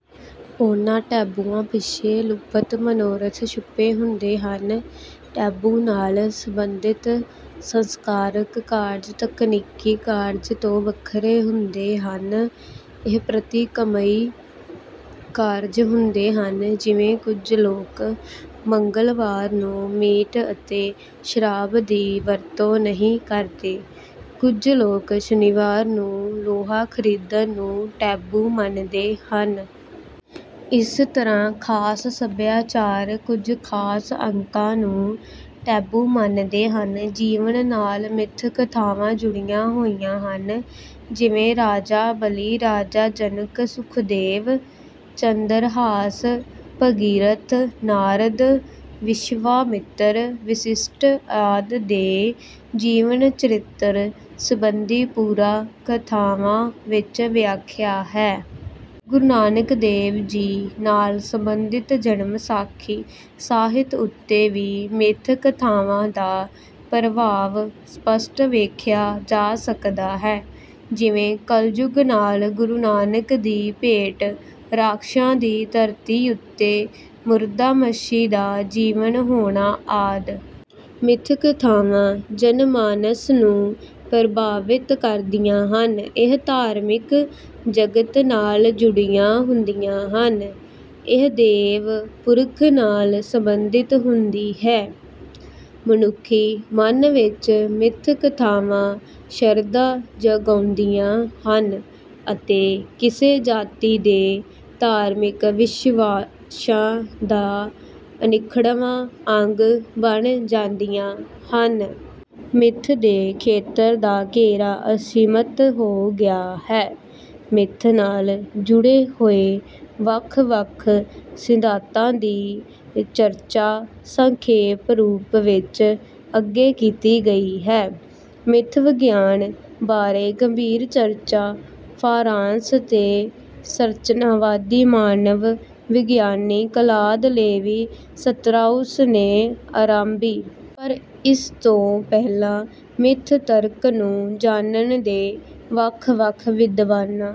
ਉਨ੍ਹਾਂ ਟੈਬੂਆਂ ਪਿੱਛੇ ਲੁਪਤ ਮਨੋਰਥ ਛੁਪੇ ਹੁੰਦੇ ਹਨ। ਟੈਬੂ ਨਾਲ ਸਬੰਧਿਤ ਸੰਸਕਾਰਕ ਕਾਰਜ ਤਕਨੀਕੀ ਕਾਰਜ ਤੋਂ ਵੱਖਰੇ ਹੁੰਦੇ ਹਨ। ਇਹ ਪ੍ਰਤੀਕਮਈ ਕਾਰਜ ਹੁੰਦੇ ਹਨ। ਜਿਵੇਂ ਕੁਝ ਲੋਕ ਮੰਗਲਵਾਰ ਨੂੰ ਮੀਟ ਅਤੇ ਸ਼ਰਾਬ ਦੀ ਵਰਤੋਂ ਨਹੀਂ ਕਰਦੇ ਕੁਝ ਲੋਕ ਸ਼ਨੀਵਾਰ ਨੂੰ ਲੋਹਾ ਖਰੀਦਣ ਨੂੰ ਟੈਬੂ ਮੰਨਦੇ ਹਨ। ਇਸ ਤਰ੍ਹਾਂ ਖਾਸ ਸਭਿਆਚਾਰ ਕੁਝ ਖਾਸ ਅੰਕਾਂ ਨੂੰ ਟੈਬੂ ਮੰਨਦੇ ਹਨ। ਜੀਵਨ ਨਾਲ ਮਿੱਥ ਕਥਾਵਾਂ ਜੁੜੀਆਂ ਹੋਈਆਂ ਹਨ। ਜਿਵੇਂ ਰਾਜਾ ਬਲੀ ਰਾਜਾ ਜਨਕ ਸੁਖਦੇਵ ਚੰਦਰਹਾਸ ਭਗੀਰਥ ਨਾਰਦ ਵਿਸ਼ਵਾਮਿੱਤਰ ਵਸ਼ਿਸ਼ਟ ਆਦਿ ਦੇ ਜੀਵਨ ਚਰਿੱਤਰ ਸੰਬੰਧੀ ਪੁਰਾ ਕਥਾਵਾਂ ਵਿੱਚ ਵਿਆਖਿਆ ਹੈ। ਗੁਰੂ ਨਾਨਕ ਦੇਵ ਜੀ ਨਾਲ ਸੰਬੰਧਿਤ ਜਨਮ ਸਾਖੀ ਸਾਹਿਤ ਉੱਤੇ ਵੀ ਮਿੱਥ ਕਥਾਵਾਂ ਦਾ ਪ੍ਰਭਾਵ ਸਪੱਸ਼ਟ ਵੇਖਿਆ ਜਾ ਸਕਦਾ ਹੈ ਜਿਵੇਂ ਕਲਯੁਗ ਨਾਲ ਗੁਰੂ ਨਾਨਕ ਦੀ ਭੇਟ ਰਾਖਸ਼ਾਂ ਦੀ ਧਰਤੀ ਉੱਤੇ ਮੁਰਦਾ ਮੱਛੀ ਦਾ ਜੀਵਨ ਹੋਣਾ ਆਦਿ। ਮਿੱਥ ਕਥਾਵਾਂ ਜਨ ਮਾਨਸ ਨੂੰ ਪ੍ਰਭਾਵਿਤ ਕਰਦੀਆਂ ਹਨ। ਇਹ ਧਾਰਮਿਕ ਜਗਤ ਨਾਲ ਜੁੜੀਆਂ ਹੁੰਦੀਆਂ ਹਨ। ਇਹ ਦੇਵ ਪੁਰਖ ਨਾਲ ਸੰਬੰਧਿਤ ਹੁੰਦੀ ਹੈ। ਮਨੁੱਖੀ ਮਨ ਵਿੱਚ ਮਿੱਥ ਕਥਾਵਾਂ ਸ਼ਰਧਾ ਜਗਾਉਂਦੀਆਂ ਹਨ ਅਤੇ ਕਿਸੇ ਜਾਤੀ ਦੇ ਧਾਰਮਿਕ ਵਿਸ਼ਵਾਸਾਂ ਦਾ ਅਨਿੱਖੜਵਾਂ ਅੰਗ ਬਣ ਜਾਂਦੀਆਂ ਹਨ। ਮਿੱਥ ਦੇ ਖੇਤਰ ਦਾ ਘੇਰਾ ਅਸੀਮਤ ਹੋ ਗਿਆ ਹੈ। ਮਿੱਥ ਨਾਲ ਜੁੜੇ ਹੋਏ ਵੱਖ ਵੱਖ ਸਿਧਾਂਤਾਂ ਦੀ ਚਰਚਾ ਸੰਖੇਪ ਰੂਪ ਵਿੱਚ ਅੱਗੇ ਕੀਤੀ ਗਈ ਹੈ। ਮਿੱਥ ਵਿਗਿਆਨ ਬਾਰੇ ਗੰਭੀਰ ਚਰਚਾ ਫਰਾਂਸ ਦੇ ਸੰਰਚਨਾਵਾਦੀ ਮਾਨਵ ਵਿਗਿਆਨੀ ਕਲਾਦ ਲੇਵੀ ਸਤ੍ਰਾਉਸ ਨੇ ਆਰੰਭੀ। ਪਰ ਇਸ ਤੋਂ ਪਹਿਲਾਂ ਮਿੱਥ ਤਰਕ ਨੂੰ ਜਾਣਨ ਦੇ ਵੱਖ ਵੱਖ ਵਿਦਵਾਨਾਂ